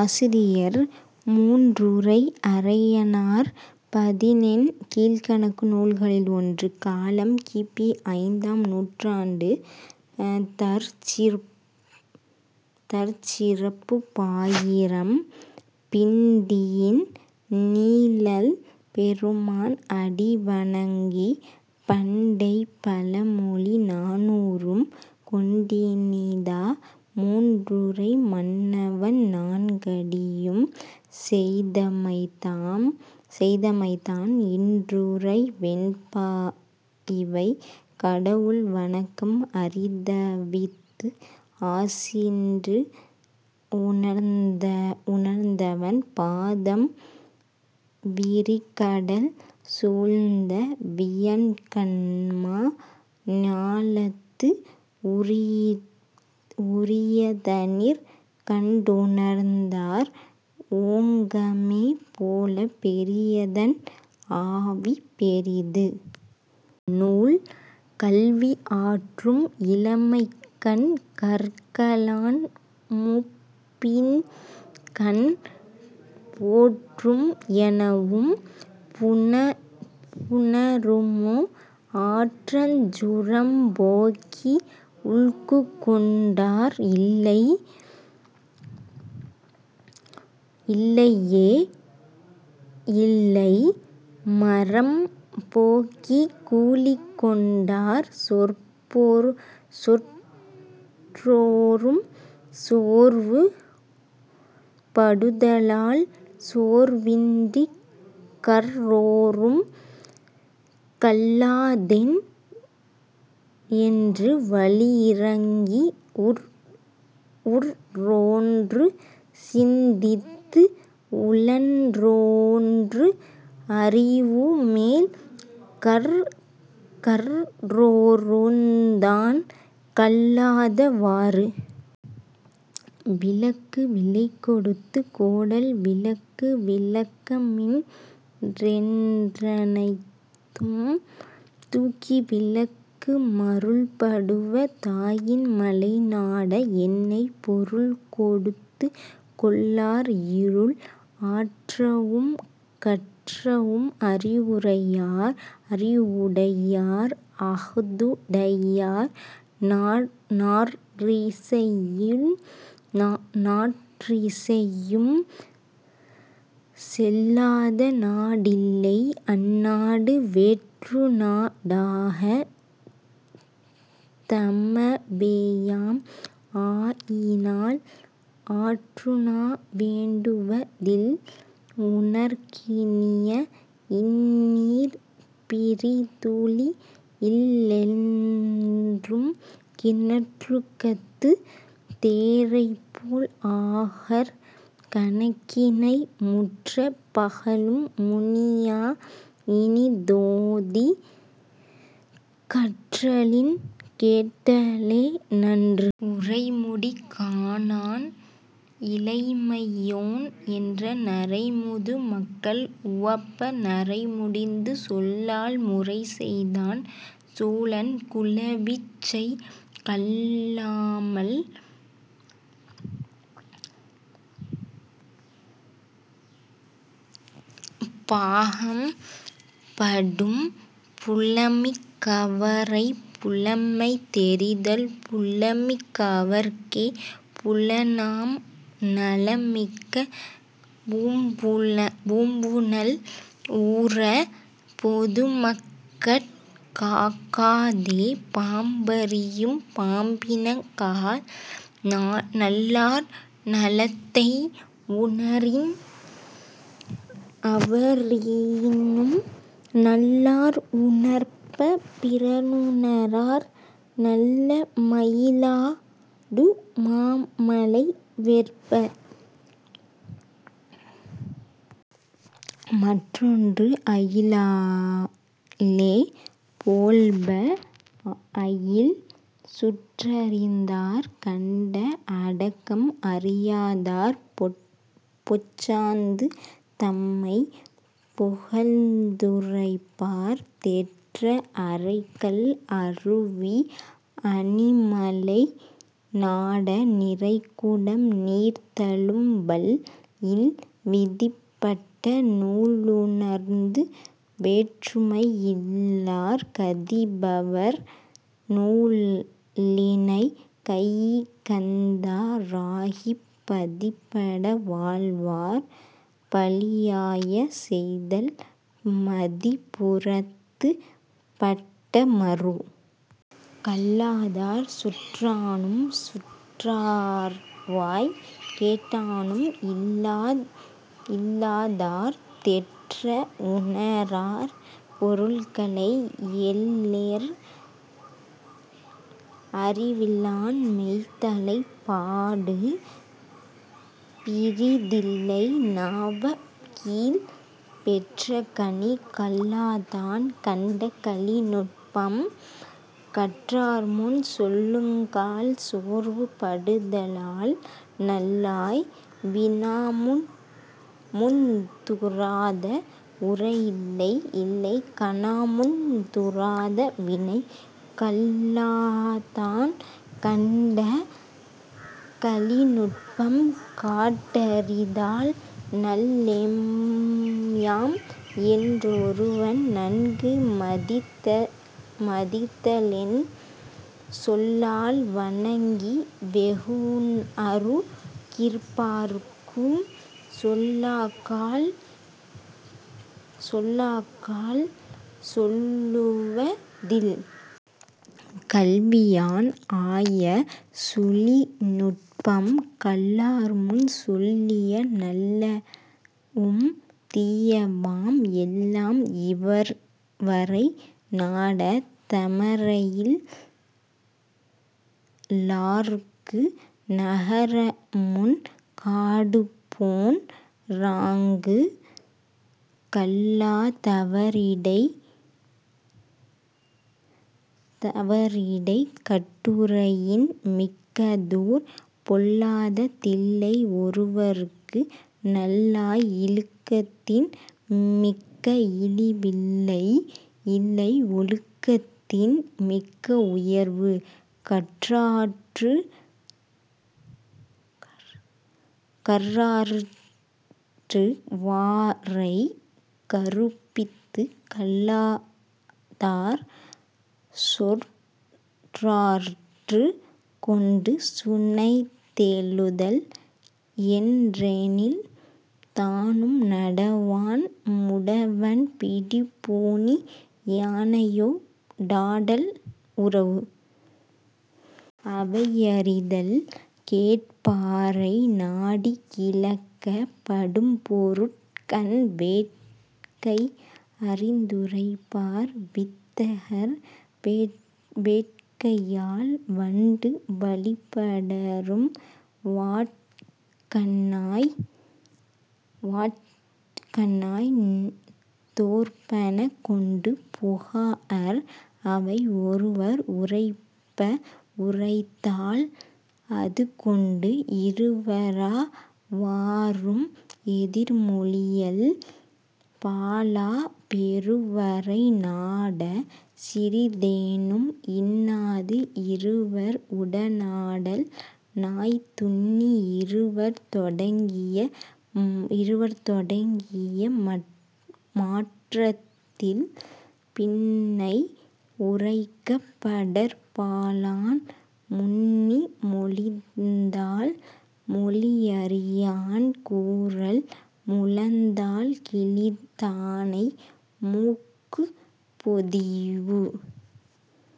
ஆசிரியர் மூன்றுறை அரையனார் பதினென் கீழ்க்கணக்கு நூல்களில் ஒன்று காலம் கி. பி. ஐந்தாம் நூற்றாண்டு தற்சிறப்புப் பாயிரம் பிண்டியின் நீழல் பெருமான் அடிவணங்கிப் பண்டைப் பழமொழி நானூறும் கொண்டினிதா முன்றுறை மன்னவன் நான்கடியும் செய்தமைத்தான் இன்றுறை வெண்பா இவை. கடவுள் வணக்கம் அரிதவித்து ஆசின்று உணர்ந்தவன் பாதம் விரிகடல் சூழ்ந்த வியன்கண்மா ஞாலத்து உரியதனிற் கண்டுணர்ந்தார் ஓக்கமே போலப் 'பெரியதன் ஆவி பெரிது. ' நூல். கல்வி ஆற்றும் இளமைக்கண் கற்கலான் மூப்பின்கண் போற்றும் எனவும் புணருமோ ஆற்றச் 'சுரம்போக்கி உல்குகொண்டார் இல்லையே யில்லை மரம்போக்கிக் கூலிகொண் டார்'. சொற்றொறும் சோர்வு படுதலால் சோர்வின்றிக் கற்றொறும் கல்லாதேன் என்று வழியிரங்கி உற்றொன்று சிந்தித்து உழன்றொன்று அறியுமேல் 'கற்றொறுந்தான் கல்லாத வாறு'. விளக்கு விலைகொடுத்துக் கோடல் விளக்குத் துளக்கமின் றென்றனைத்தும் தூக்கி விளக்கு மருள்படுவ தாயின் மலைநாட! என்னை 'பொருள்கொடுத்துக் கொள்ளார் இருள்'. ஆற்றவும் கற்றவும் அறிவுடையார்; அஃதுடையார் நாற்றிசையும் செல்லாத நாடில்லை அந்நாடு வேற்றுநா டாகா; தமவேயாம் ஆயினால் 'ஆற்றுணா வேண்டுவ தில்'. உணற்கினிய இன்னீர் பிறிதுழி இல்லென்றும் கிணற்றுகத்துத் தேரைபோல் ஆகார் கணக்கினை முற்றப் பகலும் முனியா இனிதோதிக் 'கற்றலின் கேட்டலே நன்று'. உரைமுடிவு காணான் இளமையோன் என்ற நரைமுது மக்கள் உவப்ப நரைமுடித்துச் சொல்லால் முறைசெய்தான் சோழன் 'குலவிச்சை கல்லாமல் பாகம் படும்'. புலமிக் கவரைப் புலமை தெரிதல் புலமிக் கவர்க்கே புலனாம் நலமிக்க பூம்புனல் ஊர! பொதுமக்கட் காகாதே 'பாம்பறியும் பாம்பின கால்'. நல்லார் நலத்தை உணரின் அவரினும் நல்லார் உணர்ப பிறருணரார் நல்ல மயிலாடு மாமலை வெற்ப! மற்றென்றும் 'அயிலாலே போழ்ப அயில்'. சுற்றறிந்தார் கண்ட அடக்கம் அறியாதார் பொச்சாந்து தம்மைப் புகழ்ந்துரைப்பார் தெற்ற அறைகல் அருவி அணிமலை நாட! 'நிறைகுடம் நீர்தளும்பல் இல்'. விதிப்பட்ட நூலுணர்ந்து வேற்றுமை இல்லார் கதிப்பவர் நூலினைக் கையிகந்தா ராகிப் பதிப்பட வாழ்வார் பழியாய செய்தல் 'மதிப்புறத்துப் பட்ட மறு'.. கல்லாதார் சுற்றானும் சுற்றார்வாய்க் கேட்டானும் இல்லாதார் தெற்ற உணரார் பொருள்களை எற்றேல் அறிவில்லான் மெய்தலைப் பாடு பிறிதில்லை 'நாவற் கீழ்ப் பெற்ற கனி'. கல்லாதான் கண்ட கழிநுட்பம் கற்றார்முன் சொல்லுங்கால் சோர்வு படுதலால் நல்லாய்! 'வினாமுந் துறாத உரையில்லை; இல்லை கனாமுந் துறாத வினை'. கல்லாதான் கண்ட கழிநுட்பம் காட்டரிதால் நல்லேம்யாம் என்றொருவன் நன்கு மதித்தலென் சொல்லால் வணக்கி வெகுண்அரு கிற்பார்க்கும் 'சொல்லாக்கால் சொல்லுவ தில்'. கல்வியான் ஆய சுழிநுட்பம் கல்லார்முன் சொல்லிய நல்லவும் தீயவாம் எல்லாம் இவர்வரை நாட! 'தமரையில் லார்க்கு நகரமும் காடுபோன் றாங்கு'. கல்லா தவரிடைக் கட்டுரையின் மிக்கதோர் பொல்லாத தில்லை ஒருவற்கு நல்லாய்! 'இழுக்கத்தின் மிக்க இழிவில்லை இல்லை ஒழுக்கத்தின் மிக்க உயர்வு'. கற்றாற்று வாரைக் கறுப்பித்துக் கல்லாதார் சொற்றாற்றுக் கொண்டு சுனைத்தெழுதல் எற்றெனின் தானும் நடவான் 'முடவன் பிடிப்பூணி யானையோ டாடல் உறவு'.. அவையறிதல் கேட்பாரை நாடிக் கிளக்கப் படும்பொருட்கண் வேட்கை அறிந்துரைப்பார் வித்தகர் வேட்கையால் வண்டு வழிபடரும் வாட்கண்ணாய்! 'தோற்பன கொண்டு புகாஅர் அவை'. ஒருவர் உரைப்ப உரைத்தால் அதுகொண்டு இருவரா வாரும் எதிர்மொழியல் பாலா பெருவரை நாட! சிறிதேனும் 'இன்னாது இருவர் உடனாடல் நாய்'. துன்னி இருவர் தொடங்கிய மாற்றத்தில் பின்னை உரைக்கப் படற்பாலான் முன்னி மொழிந்தால் மொழியறியான் கூறல் 'முழந்தாள் கிழிந்தானை மூக்குப் பொதிவு'.